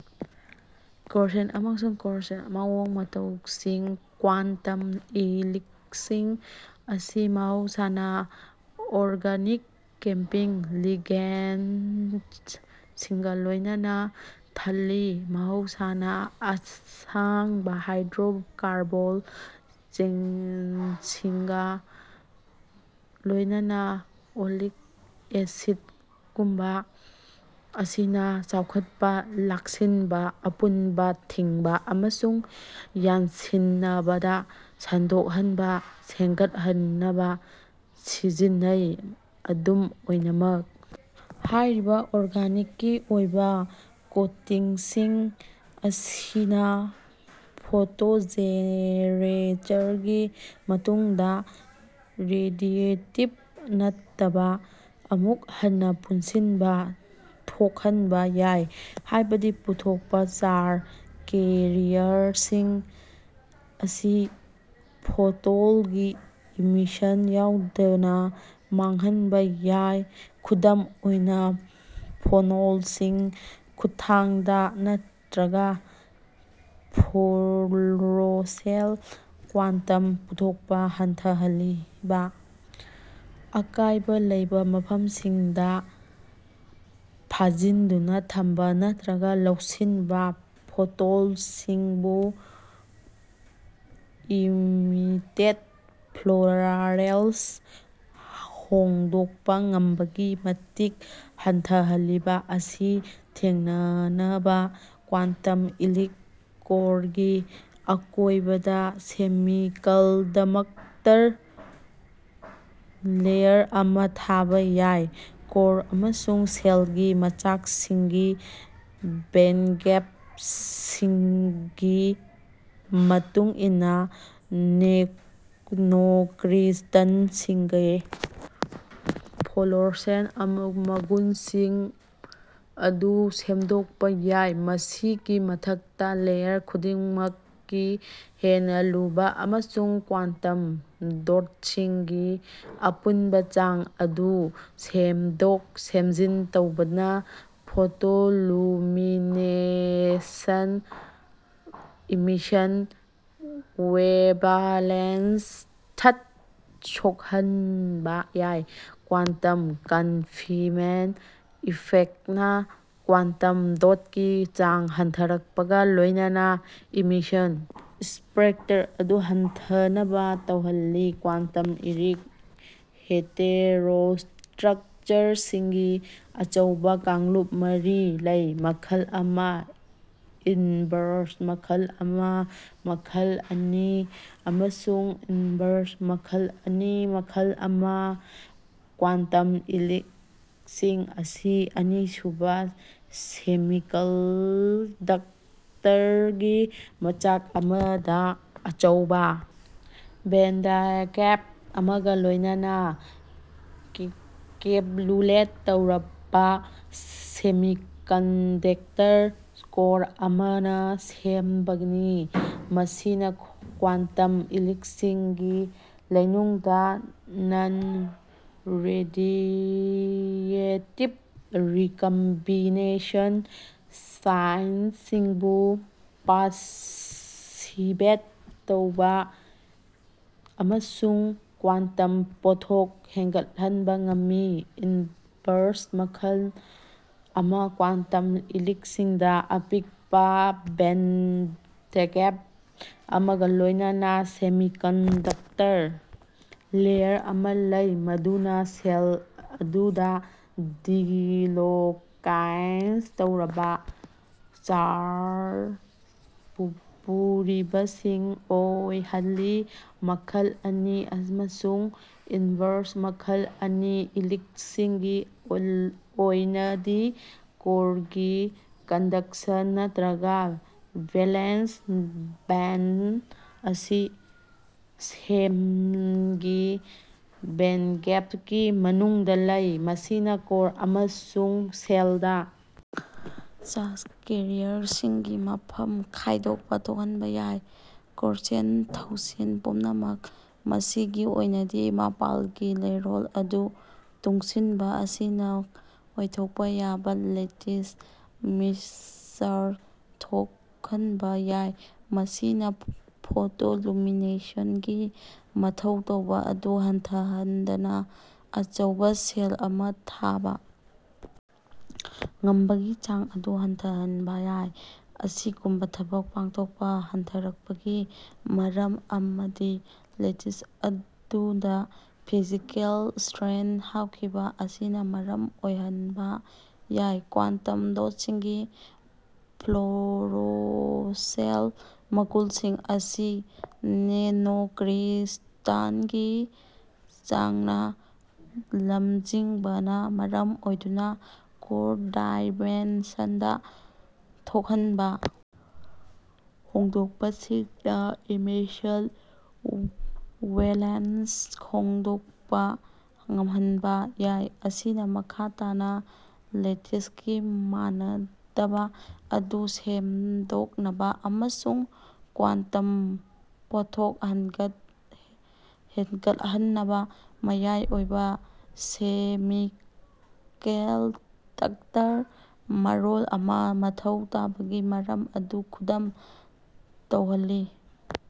ꯀꯣꯔꯁꯦꯜ ꯑꯃꯁꯨꯡ ꯀꯣꯔꯁꯦꯜ ꯃꯑꯣꯡ ꯃꯇꯧꯁꯤꯡ ꯀ꯭ꯋꯥꯟꯇꯝ ꯏꯂꯤꯛꯁꯤꯡ ꯑꯁꯤ ꯃꯍꯧꯁꯥꯅ ꯑꯣꯔꯒꯅꯤꯛ ꯀꯦꯄꯤꯡ ꯂꯤꯒꯦꯟꯗꯁꯤꯡꯒ ꯂꯣꯏꯅꯅ ꯊꯜꯂꯤ (ꯃꯍꯧꯁꯥꯅ ꯑꯁꯥꯡꯕ ꯍꯥꯏꯗ꯭ꯔꯣꯀꯔꯕꯣꯟ ꯆꯦꯟꯁꯤꯡꯒ ꯂꯣꯏꯅꯅ, ꯑꯣꯂꯤꯛ ꯑꯦꯁꯤꯗꯒꯨꯝꯕ) ꯑꯁꯤꯅ ꯆꯥꯎꯈꯠꯄ ꯂꯥꯛꯁꯤꯟꯕ, ꯑꯄꯨꯟꯕ ꯊꯤꯡꯕ, ꯑꯃꯁꯨꯡ ꯌꯥꯟꯁꯤꯟꯅꯕꯗ ꯁꯟꯗꯣꯛꯍꯟꯕ ꯁꯦꯟꯒꯠꯍꯟꯅꯕ ꯁꯤꯖꯤꯟꯅꯩ꯫ ꯑꯗꯨꯝ ꯑꯣꯏꯅꯃꯛ ꯍꯥꯏꯔꯤꯕ ꯑꯣꯔꯒꯅꯤꯛꯀꯤ ꯑꯣꯏꯕ ꯀꯣꯇꯤꯡꯁꯤꯡ ꯑꯁꯤꯅ ꯐꯣꯇꯣꯖꯦꯟꯔꯦꯆꯔꯒꯤ ꯃꯇꯨꯡꯗ ꯔꯦꯗꯤꯌꯦꯇꯤꯕ ꯅꯠꯇꯕ ꯑꯃꯨꯛ ꯍꯟꯅ ꯄꯨꯟꯁꯤꯟꯕ ꯊꯣꯛꯍꯟꯕ ꯌꯥꯏ, ꯍꯥꯏꯕꯗꯤ ꯄꯨꯊꯣꯛꯄ ꯆꯥꯔꯖ ꯀꯦꯔꯤꯌꯔꯁꯤꯡ ꯑꯁꯤ ꯐꯣꯇꯣꯟꯒꯤ ꯏꯃꯤꯁꯟ ꯌꯥꯎꯗꯅ ꯃꯥꯡꯍꯟꯕ ꯌꯥꯏ (ꯈꯨꯗꯝ ꯑꯣꯏꯅ ꯐꯣꯅꯣꯟꯁꯤꯡ ꯈꯨꯠꯊꯥꯡꯗ ꯅꯠꯇ꯭ꯔꯒ ꯐ꯭ꯂꯣꯔꯣꯁꯦꯟ ꯀ꯭ꯋꯥꯟꯇꯝ ꯄꯨꯊꯣꯛꯄ ꯍꯟꯊꯍꯜꯂꯤꯕ ꯑꯀꯥꯏꯕ ꯂꯩꯕ ꯃꯐꯝꯁꯤꯡꯗ ꯐꯥꯖꯤꯟꯗꯨꯅ ꯊꯝꯕ ꯅꯠꯇ꯭ꯔꯒ ꯂꯧꯁꯤꯟꯕ ꯐꯣꯇꯣꯜꯁꯤꯡꯕꯨ ꯏꯃꯤꯇꯦꯠ ꯐ꯭ꯂꯣꯔꯥꯂꯦꯜꯁ ꯍꯣꯡꯗꯣꯛꯄ ꯉꯝꯕꯒꯤ ꯃꯇꯤꯛ ꯍꯟꯊꯍꯜꯂꯤꯕ)꯫ ꯑꯁꯤ ꯊꯦꯡꯅꯅꯕ ꯀ꯭ꯋꯥꯟꯇꯝ ꯏꯂꯤꯛ ꯀꯣꯔꯒꯤ ꯑꯀꯣꯏꯕꯗ ꯁꯦꯃꯤꯀꯜꯗꯃꯛꯇꯔ ꯂꯦꯌꯔ ꯑꯃ ꯊꯥꯕ ꯌꯥꯏ꯫ ꯀꯣꯔ ꯑꯃꯁꯨꯡ ꯁꯦꯜꯒꯤ ꯃꯆꯥꯛꯁꯤꯡꯒꯤ ꯕꯦꯟꯒꯦꯞꯁꯤꯡꯒꯤ ꯃꯇꯨꯡ ꯏꯟꯅ ꯅꯦꯅꯣꯀ꯭ꯔꯤꯁꯇꯜꯁꯤꯡꯒꯤ ꯐ꯭ꯂꯣꯔꯣꯁꯦꯟ ꯃꯒꯨꯟꯁꯤꯡ ꯑꯗꯨ ꯁꯦꯝꯗꯣꯛꯄ ꯌꯥꯏ꯫ ꯃꯁꯤꯒꯤ ꯃꯊꯛꯇ ꯂꯦꯌꯔ ꯈꯨꯗꯤꯡꯃꯛꯀꯤ ꯍꯦꯟꯅ ꯂꯨꯕ ꯑꯃꯁꯨꯡ ꯀ꯭ꯋꯥꯟꯇꯝ ꯗꯣꯠꯁꯤꯡꯒꯤ ꯑꯄꯨꯟꯕ ꯆꯥꯡ ꯑꯗꯨ ꯁꯦꯝꯗꯣꯛ-ꯁꯦꯝꯖꯤꯟ ꯇꯧꯕꯅ ꯐꯣꯇꯣꯂꯨꯃꯤꯅꯦꯁꯦꯟꯠ ꯏꯃꯤꯁꯟ ꯋꯦꯚꯂꯦꯟꯊꯇ ꯁꯣꯛꯍꯟꯕ ꯌꯥꯏ꯫ ꯀ꯭ꯋꯥꯟꯇꯝ ꯀꯟꯐꯤꯟꯃꯦꯟꯠ ꯏꯐꯦꯛꯅ ꯀ꯭ꯋꯥꯟꯇꯝ ꯗꯣꯠꯀꯤ ꯆꯥꯡ ꯍꯟꯊꯔꯛꯄꯒ ꯂꯣꯏꯅꯅ ꯏꯃꯤꯁꯟ ꯁ꯭ꯄꯦꯛꯇ꯭ꯔ ꯑꯗꯨ ꯍꯟꯊꯅꯕ ꯇꯧꯍꯜꯂꯤ꯫ ꯀ꯭ꯋꯥꯟꯇꯝ ꯏꯂꯤꯛ ꯍꯦꯇꯦꯔꯣꯁꯇ꯭ꯔꯛꯆꯔꯁꯤꯡꯒꯤ ꯑꯆꯧꯕ ꯀꯥꯡꯂꯨꯞ ꯃꯔꯤ ꯂꯩ: ꯃꯈꯜ ꯑꯃ, ꯏꯟꯚꯔꯁ ꯃꯈꯜ ꯑꯃ, ꯃꯈꯜ ꯑꯅꯤ, ꯑꯃꯁꯨꯡ ꯏꯟꯚꯔꯁ ꯃꯈꯜ ꯑꯅꯤ꯫ ꯃꯈꯜ ꯑꯃ ꯀ꯭ꯋꯥꯟꯇꯝ ꯏꯂꯤꯛ ꯁꯤꯡ ꯑꯁꯤ ꯑꯅꯤꯁꯨꯕ ꯁꯦꯃꯤꯀꯜꯗꯛꯇꯔꯒꯤ ꯃꯆꯥꯛ ꯑꯃꯗ ꯑꯆꯧꯕ ꯕꯦꯟꯗꯒꯦꯞ ꯑꯃꯒ ꯂꯣꯏꯅꯅ ꯀꯦꯞꯕꯨꯂꯦꯠ ꯇꯧꯔꯛꯄ ꯁꯦꯃꯤꯀꯟꯗꯦꯛꯇꯔ ꯀꯣꯔ ꯑꯃꯅ ꯁꯦꯝꯕꯅꯤ, ꯃꯁꯤꯅ ꯀ꯭ꯋꯥꯟꯇꯝ ꯏꯂꯤꯛꯁꯤꯡꯒꯤ ꯂꯩꯅꯨꯡꯗ ꯅꯟ-ꯔꯦꯗꯤꯌꯦꯇꯤꯕ ꯔꯤꯀꯝꯕꯤꯅꯦꯁꯟ ꯁꯥꯏꯠꯁꯤꯡꯕꯨ ꯄꯥꯁꯤꯚꯦꯠ ꯇꯧꯕ ꯑꯃꯁꯨꯡ ꯀ꯭ꯋꯥꯟꯇꯝ ꯄꯣꯠꯊꯣꯛ ꯍꯦꯟꯒꯠꯍꯟꯕ ꯉꯝꯃꯤ꯫ ꯏꯟꯚꯔꯁ ꯃꯈꯜ ꯑꯃ ꯀ꯭ꯋꯥꯟꯇꯝ ꯏꯂꯤꯛꯁꯤꯡꯗ ꯑꯄꯤꯛꯄ ꯕꯦꯟꯗꯒꯦꯞ ꯑꯃꯒ ꯂꯣꯏꯅꯅ ꯁꯦꯃꯤꯀꯟꯗꯛꯇꯔ ꯂꯦꯌꯔ ꯑꯃ ꯂꯩ ꯃꯗꯨꯅ ꯁꯦꯜ ꯑꯗꯨꯗ ꯗꯤꯂꯣꯀ꯭ꯂꯥꯏꯖ ꯇꯧꯔꯕ ꯆꯥꯔꯖ ꯄꯨꯔꯤꯕꯁꯤꯡ ꯑꯣꯏꯍꯜꯂꯤ꯫ ꯃꯈꯜ ꯑꯅꯤ ꯑꯃꯁꯨꯡ ꯏꯟꯚꯔꯁ ꯃꯈꯜ ꯑꯅꯤ ꯏꯂꯤꯛꯁꯤꯡꯒꯤ ꯑꯣꯏꯅꯗꯤ ꯀꯣꯔꯒꯤ ꯀꯟꯗꯛꯁꯟ ꯅꯠꯇ꯭ꯔꯒ ꯚꯦꯂꯦꯟꯁ ꯕꯦꯟꯗ ꯑꯁꯤ ꯁꯦꯝꯒꯤ ꯕꯦꯟꯒꯦꯞꯀꯤ ꯃꯅꯨꯡꯗ ꯂꯩ꯫ ꯃꯁꯤꯅ ꯀꯣꯔ ꯑꯃꯁꯨꯡ ꯁꯦꯜꯗ ꯆꯥꯔꯖ ꯀꯦꯔꯤꯌꯔꯁꯤꯡꯒꯤ ꯃꯐꯝ ꯈꯥꯏꯗꯣꯛꯄ ꯊꯣꯛꯍꯟꯕ ꯌꯥꯏ꯫ ꯀꯣꯔꯁꯦꯜ ꯊꯧꯁꯦꯜ ꯄꯨꯝꯅꯃꯛ ꯃꯁꯤꯒꯤ ꯑꯣꯏꯅꯗꯤ ꯃꯄꯥꯟꯒꯤ ꯂꯩꯔꯣꯜ ꯑꯗꯨ ꯇꯨꯡꯁꯤꯟꯕ ꯑꯁꯤꯅ ꯑꯣꯏꯊꯣꯛꯄ ꯌꯥꯕ ꯂꯦꯇꯤꯁ ꯃꯤꯆꯔ ꯊꯣꯛꯍꯟꯕ ꯌꯥꯏ꯫ ꯃꯁꯤꯅ ꯐꯣꯇꯣꯂꯨꯃꯤꯅꯦꯁꯟ ꯒꯤ ꯃꯊꯧ ꯇꯧꯕ ꯑꯗꯨ ꯍꯟꯊꯍꯟꯗꯅ ꯑꯆꯧꯕ ꯁꯦꯜ ꯑꯃ ꯊꯥꯕ ꯉꯝꯕꯒꯤ ꯆꯥꯡ ꯑꯗꯨ ꯍꯟꯊꯍꯟꯕ ꯌꯥꯏ꯫ ꯑꯁꯤꯒꯨꯝꯕ ꯊꯕꯛ ꯄꯥꯡꯊꯣꯛꯄ ꯍꯟꯊꯔꯛꯄꯒꯤ ꯃꯔꯝ ꯑꯃꯗꯤ ꯂꯦꯇꯤꯁ ꯑꯗꯨꯗ ꯐꯤꯖꯤꯀꯦꯜ ꯁꯇ꯭ꯔꯦꯟ ꯍꯥꯞꯈꯤꯕ ꯑꯁꯤꯅ ꯃꯔꯝ ꯑꯣꯏꯍꯟꯕ ꯌꯥꯏ꯫ ꯀ꯭ꯋꯥꯟꯇꯝ ꯗꯣꯠꯁꯤꯡꯒꯤ ꯐ꯭ꯂꯣꯔꯣꯁꯦꯟ ꯃꯒꯨꯟꯁꯤꯡ ꯑꯁꯤ ꯅꯦꯅꯣꯀ꯭ꯔꯤꯁꯇꯜꯒꯤ ꯆꯥꯡꯅ ꯂꯝꯖꯤꯡꯕꯅ ꯃꯔꯝ ꯑꯣꯏꯗꯨꯅ, ꯀꯣꯔ ꯗꯥꯏꯃꯦꯟꯁꯟꯗ ꯊꯣꯛꯍꯟꯕ ꯍꯣꯡꯗꯣꯛꯄꯁꯤꯡꯅ ꯏꯃꯤꯁꯟ ꯋꯦꯂꯦꯟꯁ ꯍꯣꯡꯗꯣꯛꯄ ꯉꯝꯍꯟꯕ ꯌꯥꯏ, ꯑꯁꯤꯅ ꯃꯈꯥ ꯇꯥꯅ ꯂꯦꯇꯤꯁꯒꯤ ꯃꯥꯟꯅꯗꯕ ꯑꯗꯨ ꯁꯦꯝꯗꯣꯛꯅꯕ ꯑꯃꯁꯨꯡ ꯀ꯭ꯋꯥꯇꯝ ꯄꯣꯠꯊꯣꯛ ꯍꯟꯒꯠ ꯍꯦꯟꯒꯠꯍꯟꯅꯕ ꯃꯌꯥꯏ ꯑꯣꯏꯕ ꯁꯦꯃꯤꯀꯦꯜꯗꯛꯇꯔ ꯃꯔꯣꯜ ꯑꯃ ꯃꯊꯧ ꯇꯥꯕꯒꯤ ꯃꯔꯝ ꯑꯗꯨ ꯈꯨꯗꯝ ꯇꯧꯍꯜꯂꯤ꯫